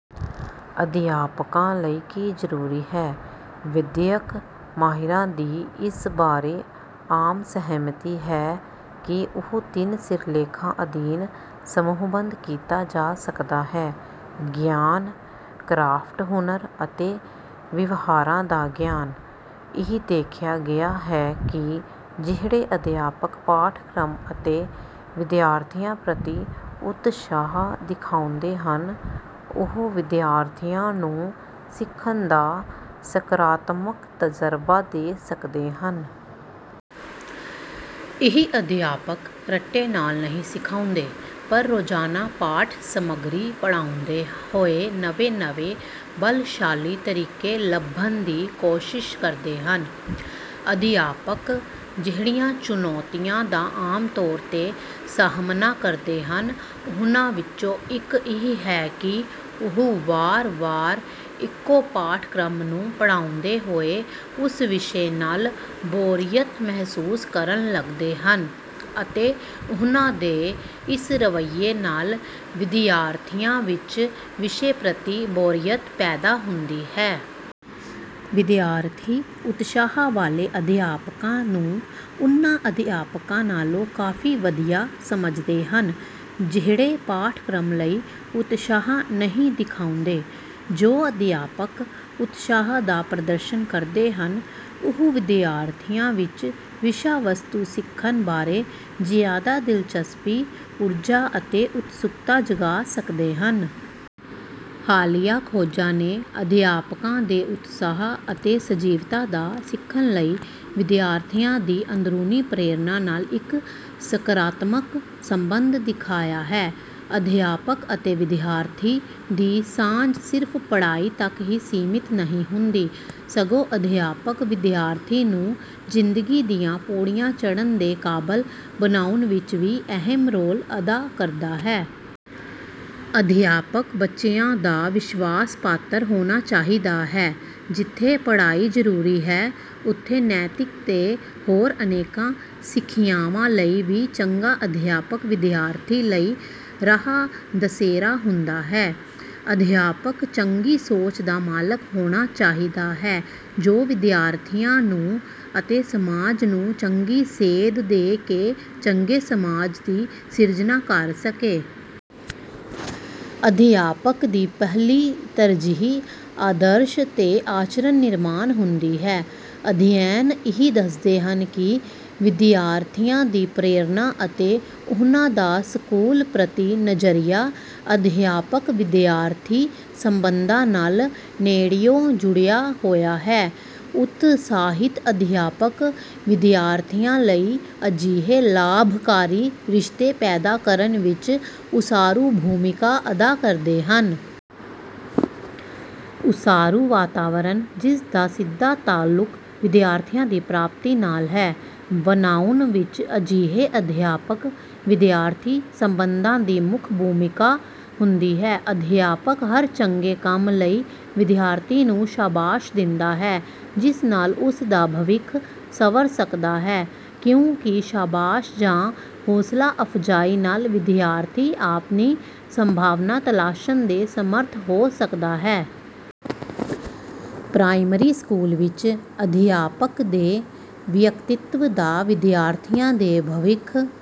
ਅਧਿਆਪਕਾਂ ਲਈ ਕੀ ਜ਼ਰੂਰੀ ਹੈ? ਵਿੱਦਿਅਕ ਮਾਹਿਰਾਂ ਦੀ ਇਸ ਬਾਰੇ ਆਮ ਸਹਿਮਤੀ ਹੈ ਕਿ ਉਹ ਤਿੰਨ ਸਿਰਲੇਖਾਂ ਅਧੀਨ ਸਮੂਹਬੱਧ ਕੀਤਾ ਜਾ ਸਕਦਾ ਹੈ: ਗਿਆਨ, ਕਰਾਫਟ ਹੁਨਰ ਅਤੇ ਵਿਵਹਾਰਾਂ ਦਾ ਗਿਆਨ। ਇਹ ਦੇਖਿਆ ਗਿਆ ਹੈ ਕਿ ਜਿਹੜੇ ਅਧਿਆਪਕ ਪਾਠਕ੍ਰਮ ਅਤੇ ਵਿਦਿਆਰਥੀਆਂ ਪ੍ਰਤੀ ਉਤਸ਼ਾਹ ਦਿਖਾਉਂਦੇ ਹਨ, ਉਹ ਵਿਦਿਆਰਥੀਆਂ ਨੂੰ ਸਿੱਖਣ ਦਾ ਸਕਾਰਾਤਮਕ ਤਜ਼ਰਬਾ ਦੇ ਸਕਦੇ ਹਨ। ਇਹ ਅਧਿਆਪਕ ਰੱਟੇ ਨਾਲ ਨਹੀਂ ਸਿਖਾਉਂਦੇ, ਪਰ ਰੋਜ਼ਾਨਾ ਪਾਠ ਸਮੱਗਰੀ ਪੜ੍ਹਾਉਂਦੇ ਹੋਏ ਨਵੇਂ-ਨਵੇਂ ਬਲਸ਼ਾਲੀ ਤਰੀਕੇ ਲੱਭਨ ਦੀ ਕੋਸ਼ਿਸ਼ ਕਰਦੇ ਹਨ। ਅਧਿਆਪਕ ਜਿਹੜੀਆਂ ਚੁਣੌਤੀਆਂ ਦਾ ਆਮ ਤੌਰ 'ਤੇ ਸਾਹਮਨਾ ਕਰਦੇ ਹਨ, ਉਹਨਾਂ ਵਿੱਚੋਂ ਇੱਕ ਇਹ ਹੈ ਕਿ ਉਹ ਵਾਰ-ਵਾਰ ਇੱਕੋ ਪਾਠਕ੍ਰਮ ਨੂੰ ਪੜ੍ਹਾਉਂਦੇ ਹੋਏ ਉਸ ਵਿਸ਼ੇ ਨਾਲ ਬੋਰੀਅਤ ਮਹਿਸੂਸ ਕਰਨ ਲੱਗਦੇ ਹਨ, ਅਤੇ ਉਹਨਾਂ ਦੇ ਇਸ ਰਵੱਈਏ ਨਾਲ ਵਿਦਿਆਰਥੀਆਂ ਵਿੱਚ ਵਿਸ਼ੇ ਪ੍ਰਤੀ ਬੋਰੀਅਤ ਪੈਦਾ ਹੁੰਦੀ ਹੈ। ਵਿਦਿਆਰਥੀ ਉਤਸ਼ਾਹ ਵਾਲੇ ਅਧਿਆਪਕਾਂ ਨੂੰ ਉਨ੍ਹਾਂ ਅਧਿਆਪਕਾਂ ਨਾਲੋਂ ਕਾਫੀ ਵਧੀਆ ਸਮਝਦੇ ਹਨ ਜਿਹੜੇ ਪਾਠਕ੍ਰਮ ਲਈ ਉਤਸ਼ਾਹ ਨਹੀਂ ਦਿਖਾਉਂਦੇ। ਜੋ ਅਧਿਆਪਕ ਉਤਸ਼ਾਹ ਦਾ ਪ੍ਰਦਰਸ਼ਨ ਕਰਦੇ ਹਨ, ਉਹ ਵਿਦਿਆਰਥੀਆਂ ਵਿੱਚ ਵਿਸ਼ਾ-ਵਸਤੂ ਸਿੱਖਣ ਬਾਰੇ ਜ਼ਿਆਦਾ ਦਿਲਚਸਪੀ, ਊਰਜਾ ਅਤੇ ਉਤਸੁਕਤਾ ਜਗਾ ਸਕਦੇ ਹਨ। ਹਾਲੀਆ ਖੋਜਾਂ ਨੇ ਅਧਿਆਪਕਾਂ ਦੇ ਉਤਸਾਹ ਅਤੇ ਸਜੀਵਤਾ ਦਾ ਸਿੱਖਨ ਲਈ ਵਿਦਿਆਰਥੀਆਂ ਦੀ ਅੰਦਰੂਨੀ ਪ੍ਰੇਰਨਾ ਨਾਲ ਇੱਕ ਸਕਾਰਾਤਮਕ ਸਬੰਧ ਦਿਖਾਇਆ ਹੈ। ਅਧਿਆਪਕ ਅਤੇ ਵਿਦਿਆਰਥੀ ਦੀ ਸਾਂਝ ਸਿਰਫ਼ ਪੜ੍ਹਾਈ ਤੱਕ ਹੀ ਸੀਮਤ ਨਹੀਂ ਹੁੰਦੀ, ਸਗੋਂ ਅਧਿਆਪਕ ਵਿਦਿਆਰਥੀ ਨੂੰ ਜ਼ਿੰਦਗੀ ਦੀਆਂ ਪੌੜੀਆਂ ਚੜ੍ਹਨ ਦੇ ਕਾਬਲ ਬਣਾਉਣ ਵਿੱਚ ਵੀ ਅਹਿਮ ਰੋਲ ਅਦਾ ਕਰਦਾ ਹੈ। ਅਧਿਆਪਕ ਬੱਚਿਆਂ ਦਾ ਵਿਸ਼ਵਾਸ-ਪਾਤਰ ਹੋਣਾ ਚਾਹੀਦਾ ਹੈ। ਜਿੱਥੇ ਪੜ੍ਹਾਈ ਜ਼ਰੂਰੀ ਹੈ, ਉੱਥੇ ਨੈਤਿਕ ਤੇ ਹੋਰ ਅਨੇਕਾਂ ਸਿੱਖਿਆਵਾਂ ਲਈ ਵੀ ਚੰਗਾ ਅਧਿਆਪਕ ਵਿਦਿਆਰਥੀ ਲਈ ਰਾਹ-ਦਸੇਰਾ ਹੁੰਦਾ ਹੈ। ਅਧਿਆਪਕ ਚੰਗੀ ਸੋਚ ਦਾ ਮਾਲਕ ਹੋਣਾ ਚਾਹੀਦਾ ਹੈ, ਜੋ ਵਿਦਿਆਰਥੀਆਂ ਨੂੰ ਅਤੇ ਸਮਾਜ ਨੂੰ ਚੰਗੀ ਸੇਧ ਦੇ ਕੇ ਚੰਗੇ ਸਮਾਜ ਦੀ ਸਿਰਜਨਾ ਕਰ ਸਕੇ। ਅਧਿਆਪਕ ਦੀ ਪਹਿਲੀ ਤਰਜੀਹ ਆਦਰਸ਼ ਤੇ ਆਚਰਣ ਨਿਰਮਾਣ ਹੁੰਦੀ ਹੈ। ਅਧਿਐਨ ਇਹ ਦੱਸਦੇ ਹਨ ਕਿ ਵਿਦਿਆਰਥੀਆਂ ਦੀ ਪ੍ਰੇਰਨਾ ਅਤੇ ਉਹਨਾਂ ਦਾ ਸਕੂਲ ਪ੍ਰਤੀ ਨਜ਼ਰੀਆ ਅਧਿਆਪਕ-ਵਿਦਿਆਰਥੀ ਸੰਬੰਧਾਂ ਨਾਲ ਨੇੜਿਓਂ ਜੁੜਿਆ ਹੋਇਆ ਹੈ। ਉਤਸਾਹਿਤ ਅਧਿਆਪਕ ਵਿਦਿਆਰਥੀਆਂ ਲਈ ਅਜਿਹੇ ਲਾਭਕਾਰੀ ਰਿਸ਼ਤੇ ਪੈਦਾ ਕਰਨ ਵਿੱਚ ਉਸਾਰੂ ਭੂਮਿਕਾ ਅਦਾ ਕਰਦੇ ਹਨ। ਉਸਾਰੂ ਵਾਤਾਵਰਨ, ਜਿਸ ਦਾ ਸਿੱਧਾ ਤਾਅਲੁਕ ਵਿਦਿਆਰਥੀਆਂ ਦੀ ਪ੍ਰਾਪਤੀ ਨਾਲ ਹੈ, ਬਣਾਉਣ ਵਿੱਚ ਅਜਿਹੇ ਅਧਿਆਪਕ-ਵਿਦਿਆਰਥੀ ਸੰਬੰਧਾਂ ਦੀ ਮੁੱਖ ਭੂਮਿਕਾ ਹੁੰਦੀ ਹੈ। ਅਧਿਆਪਕ ਹਰ ਚੰਗੇ ਕੰਮ ਲਈ ਵਿਦਿਆਰਥੀ ਨੂੰ ਸ਼ਾਬਾਸ਼ ਦਿੰਦਾ ਹੈ, ਜਿਸ ਨਾਲ ਉਸ ਦਾ ਭਵਿੱਖ ਸੰਵਰ ਸਕਦਾ ਹੈ, ਕਿਉਂਕਿ ਸ਼ਾਬਾਸ਼ ਜਾਂ ਹੌਂਸਲਾ-ਅਫਜ਼ਾਈ ਨਾਲ ਵਿਦਿਆਰਥੀ ਆਪਣੀ ਸੰਭਾਵਨਾ ਤਲਾਸ਼ਣ ਦੇ ਸਮਰੱਥ ਹੋ ਸਕਦਾ ਹੈ। ਪ੍ਰਾਇਮਰੀ ਸਕੂਲ ਵਿੱਚ ਅਧਿਆਪਕ ਦੇ ਵਿਅਕਤਿਤ੍ਵ ਦਾ ਵਿਦਿਆਰਥੀਆਂ ਦੇ ਭਵਿੱਖ